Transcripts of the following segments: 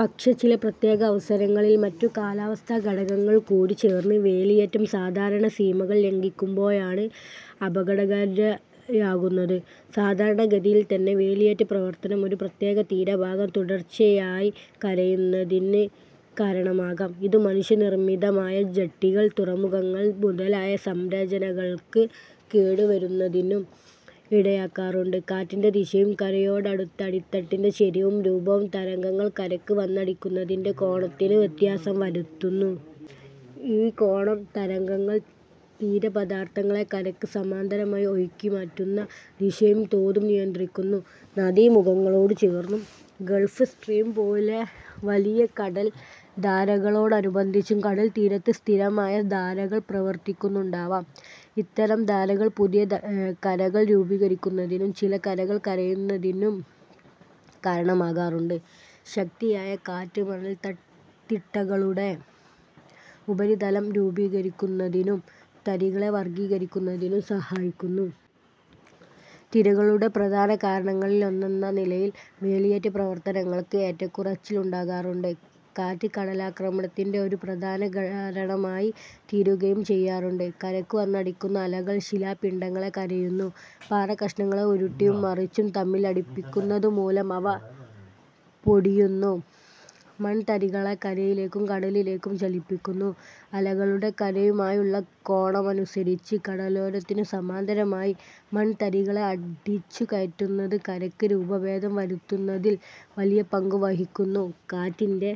പക്ഷേ ചില പ്രത്യേക അവസരങ്ങളിൽ മറ്റു കാലാവസ്ഥാ ഘടകങ്ങൾ കൂടി ചേർന്ന് വേലിയേറ്റം സാധാരണ സീമകൾ ലംഘിക്കുമ്പോഴാണ് അപകടകാരിയാകുന്നത്. സാധാരണഗതിയിൽത്തന്നെ വേലിയേറ്റ പ്രവർത്തനം ഒരു പ്രത്യേക തീരഭാഗം തുടർച്ചയായി കരയുന്നതിന് കാരണമാകാം. ഇതു മനുഷ്യനിർമിതമായ ജട്ടികൾ, തുറമുഖങ്ങൾ മുതലായ സംരചനകൾക്ക് കേടുവരുന്നതിനും ഇടയാകാറുണ്ട്. കാറ്റിൻ്റെ ദിശയും കരയോടടുത്ത അടിത്തട്ടിൻ്റെ ചരിവും രൂപവും തരംഗങ്ങൾ കരയ്ക്ക് വന്നടിക്കുന്നതിൻ്റെ കോണത്തിന് വ്യത്യാസം വരുത്തുന്നു. ഈ കോണം, തരംഗങ്ങൾ തീരപദാർഥങ്ങളെ കരയ്ക്ക് സമാന്തരമായി ഒഴുക്കി മാറ്റുന്ന ദിശയും തോതും നിയന്ത്രിക്കുന്നു. നദീമുഖങ്ങളോടു ചേർന്നും, ഗൾഫ് സ്ട്രീം പോലെ വലിയ കടൽധാരകളോടനുബന്ധിച്ചും കടൽത്തീരത്ത് സ്ഥിരമായ ധാരകൾ പ്രവർത്തിക്കുന്നുണ്ടാവാം. ഇത്തരം ധാരകൾ പുതിയ കരകൾ രൂപീകരിക്കുന്നതിനും ചില കരകൾ കരയുന്നതിനും കാരണമാകാറുണ്ട്. ശക്തിയായ കാറ്റ് മണൽത്തത്തിട്ടകളുടെ ഉപരിതലം രൂപീകരിക്കുന്നതിനും തരികളെ വർഗീകരിക്കുന്നതിനും സഹായിക്കുന്നു. തിരകളുടെ പ്രധാന കാരണങ്ങളിലൊന്നെന്ന നിലയിൽ വേലിയേറ്റ പ്രവർത്തനങ്ങൾക്ക് ഏറ്റക്കുറച്ചിൽ ഉണ്ടാകാറുണ്ട്. കാറ്റ് കടലാക്രമണത്തിൻ്റെ ഒരു പ്രധാന കാരണമായി തീരുകയും ചെയ്യാറുണ്ട്. കരയ്ക്കു വന്നടിക്കുന്ന അലകൾ ശിലപിണ്ഡങ്ങളെ കരയുന്നു. പാറക്കഷണങ്ങളെ ഉരുട്ടിയും മറിച്ചും തമ്മിലടിപ്പിക്കുന്നതുമൂലം അവ പൊടിയുന്നു. മൺതരികളെ കരയിലേക്കും കടലിലേക്കും ചലിപ്പിക്കുന്നു. അലകളുടെ കരയുമായുള്ള കോണമനുസരിച്ച് കടലോരത്തിനു സമാന്തരമായി മൺതരികളെ അടിച്ചുകയറ്റുന്നത് കരയ്ക്ക് രൂപഭേദം വരുത്തുന്നതിൽ വലിയ പങ്കുവഹിക്കുന്നു. കാറ്റിൻ്റെ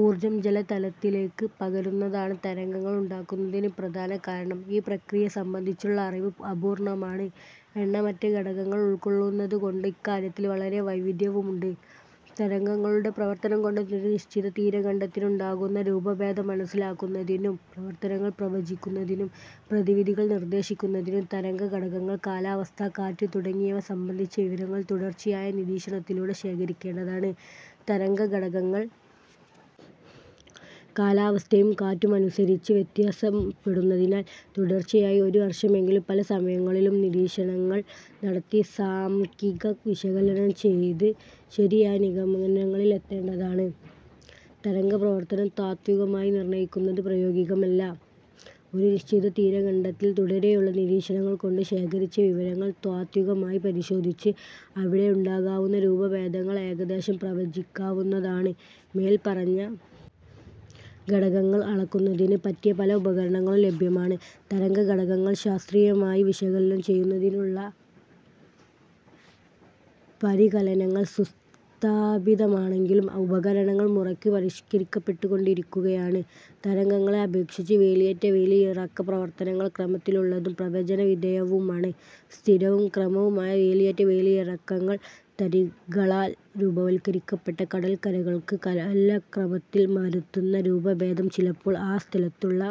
ഊർജം ജലതലത്തിലേക്ക് പകരുന്നതാണ് തരംഗങ്ങൾ ഉണ്ടാകുന്നതിന് പ്രധാന കാരണം. ഈ പ്രക്രിയയെ സംബന്ധിച്ചുള്ള അറിവ് അപൂർണമാണ്. എണ്ണമറ്റ ഘടകങ്ങൾ ഉൾക്കൊള്ളുന്നതുകൊണ്ട് ഇക്കാര്യത്തിൽ വളരെ വൈവിധ്യവുമുണ്ട്. തരംഗങ്ങളുടെ പ്രവർത്തനം കൊണ്ട് ഒരു നിശ്ചിത തീരഖണ്ഡത്തിനുണ്ടാകുന്ന രൂപഭേദം മനസ്സിലാക്കുന്നതിനും പ്രവർത്തനങ്ങൾ പ്രവചിക്കുന്നതിനും പ്രതിവിധികൾ നിർദ്ദേശിക്കുന്നതിനും തരംഗഘടകങ്ങൾ, കാലാവസ്ഥ, കാറ്റ് തുടങ്ങിയവ സംബന്ധിച്ച വിവരങ്ങൾ തുടർച്ചയായ നിരീക്ഷണത്തിലൂടെ ശേഖരിക്കേണ്ടതാണ്. തരംഗഘടകങ്ങൾ കാലാവസ്ഥയും കാറ്റും അനുസരിച്ച് വ്യത്യാസപ്പെടുന്നതിനാൽ തുടർച്ചയായി ഒരു വർഷമെങ്കിലും പല സമയങ്ങളിലും നിരീക്ഷണങ്ങൾ നടത്തി സാംഖ്യിക വിശകലനം ചെയ്ത് ശരിയായ നിഗമനങ്ങളിൽ എത്തേണ്ടതാണ്. തരംഗപ്രവർത്തനം താത്വികമായി നിർണയിക്കുന്നത് പ്രായോഗികമല്ല. ഒരു നിശ്ചിത തീരഖണ്ഡത്തിൽ തുടരെയുള്ള നിരീക്ഷണങ്ങൾ കൊണ്ട് ശേഖരിച്ച വിവരങ്ങൾ താത്വികമായി പരിശോധിച്ച് അവിടെ ഉണ്ടാകാവുന്ന രൂപഭേദങ്ങൾ ഏകദേശം പ്രവചിക്കാവുന്നതാണ്. മേൽപ്പറഞ്ഞ ഘടകങ്ങൾ അളക്കുന്നതിന് പറ്റിയ പല ഉപകരണങ്ങളും ലഭ്യമാണ്. തരംഗഘടകങ്ങൾ ശാസ്ത്രീയമായി വിശകലനം ചെയ്യുന്നതിനുള്ള പരികലനങ്ങൾ സുസ്ഥാപിതമാണെങ്കിലും ഉപകരണങ്ങൾ മുറയ്ക്ക് പരിഷ്കരിക്കപ്പെട്ടുകൊണ്ടിരിക്കുകയാണ്. തരംഗങ്ങളെ അപേക്ഷിച്ച് വേലിയേറ്റ വേലിയിറക്ക പ്രവർത്തനങ്ങൾ ക്രമത്തിലുള്ളതും പ്രവചനവിധേയവുമാണ്. സ്ഥിരവും ക്രമവുമായ വേലിയേറ്റ വേലിയിറക്കങ്ങൾ തരികളാൽ രൂപവത്കരിക്കപ്പെട്ട കടൽക്കരകൾക്ക് ല്ലാ കാലക്രമത്തിൽ വരുത്തുന്ന രൂപഭേദം ചിലപ്പോൾ ആ സ്ഥലത്തുള്ള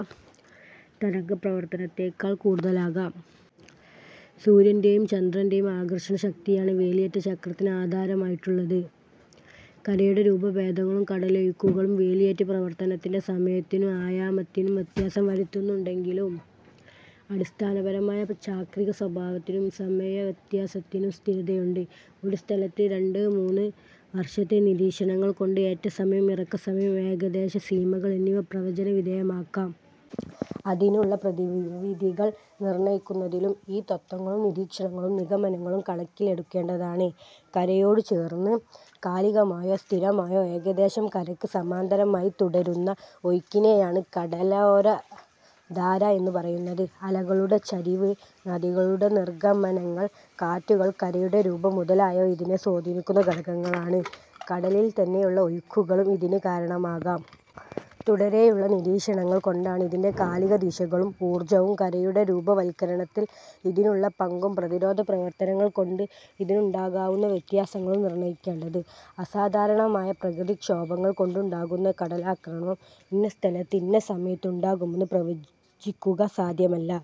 തരംഗപ്രവർത്തനത്തെക്കാൾ കൂടുതലാകാം. സൂര്യൻ്റെ യും ചന്ദ്രൻ്റെ യും ആകർഷണശക്തിയാണ് വേലിയേറ്റ ചക്രത്തിന് ആധാരമായിട്ടുള്ളത്. കരയുടെ രൂപഭേദങ്ങളും കടലൊഴുക്കുകളും വേലിയേറ്റ പ്രവർത്തനത്തിൻ്റെ സമയത്തിനും ആയാമത്തിനും വ്യത്യാസം വരുത്തുന്നുണ്ടെങ്കിലും അടിസ്ഥാനപരമായ ചാക്രിക സ്വഭാവത്തിനും സമയവ്യത്യാസത്തിനും സ്ഥിരതയുണ്ട്. ഒരു സ്ഥലത്ത് രണ്ടു മൂന്ന് വർഷത്തെ നിരീക്ഷണങ്ങൾ കൊണ്ട് ഏറ്റസമയം, ഇറക്കസമയം, ഏകദേശ സീമകൾ എന്നിവ പ്രവചനവിധേയമാക്കാം. അതിനുള്ള പ്രതിവിധികൾ നിർണയിക്കുന്നതിലും ഈ തത്ത്വങ്ങളും നിരീക്ഷണങ്ങളും നിഗമനങ്ങളും കണക്കിലെടുക്കേണ്ടതാണ്. കരയോടു ചേർന്ന് കാലികമായോ സ്ഥിരമായോ ഏകദേശം കരയ്ക്ക് സമാന്തരമായി തുടരുന്ന ഒഴുക്കിനെയാണ് കടലോരധാര എന്നു പറയുന്നത്. അലകളുടെ ചരിവ്, നദികളുടെ നിർഗമനങ്ങൾ, കാറ്റുകൾ, കരയുടെ രൂപം മുതലായവ ഇതിനെ സ്വാധീനിക്കുന്ന ഘടകങ്ങളാണ്. കടലിൽ തന്നെയുള്ള ഒഴുക്കുകളും ഇതിന് കാരണമാകാം. തുടരെയുള്ള നിരീക്ഷണങ്ങൾ കൊണ്ടാണ് ഇതിൻ്റെ കാലിക ദിശകളും ഊർജവും, കരയുടെ രൂപവത്കരണത്തിൽ ഇതിനുള്ള പങ്കും, പ്രതിരോധ പ്രവർത്തനങ്ങൾ കൊണ്ട് ഇതിനുണ്ടാകാവുന്ന വ്യത്യാസങ്ങളും നിർണയിക്കേണ്ടത്. അസാധാരണമായ പ്രകൃതിക്ഷോഭങ്ങൾ കൊണ്ടുണ്ടാകുന്ന കടലാക്രമണം ഇന്ന സ്ഥലത്ത് ഇന്ന സമയത്ത് ഉണ്ടാകുമെന്ന് പ്രവചിക്കുക സാധ്യമല്ല.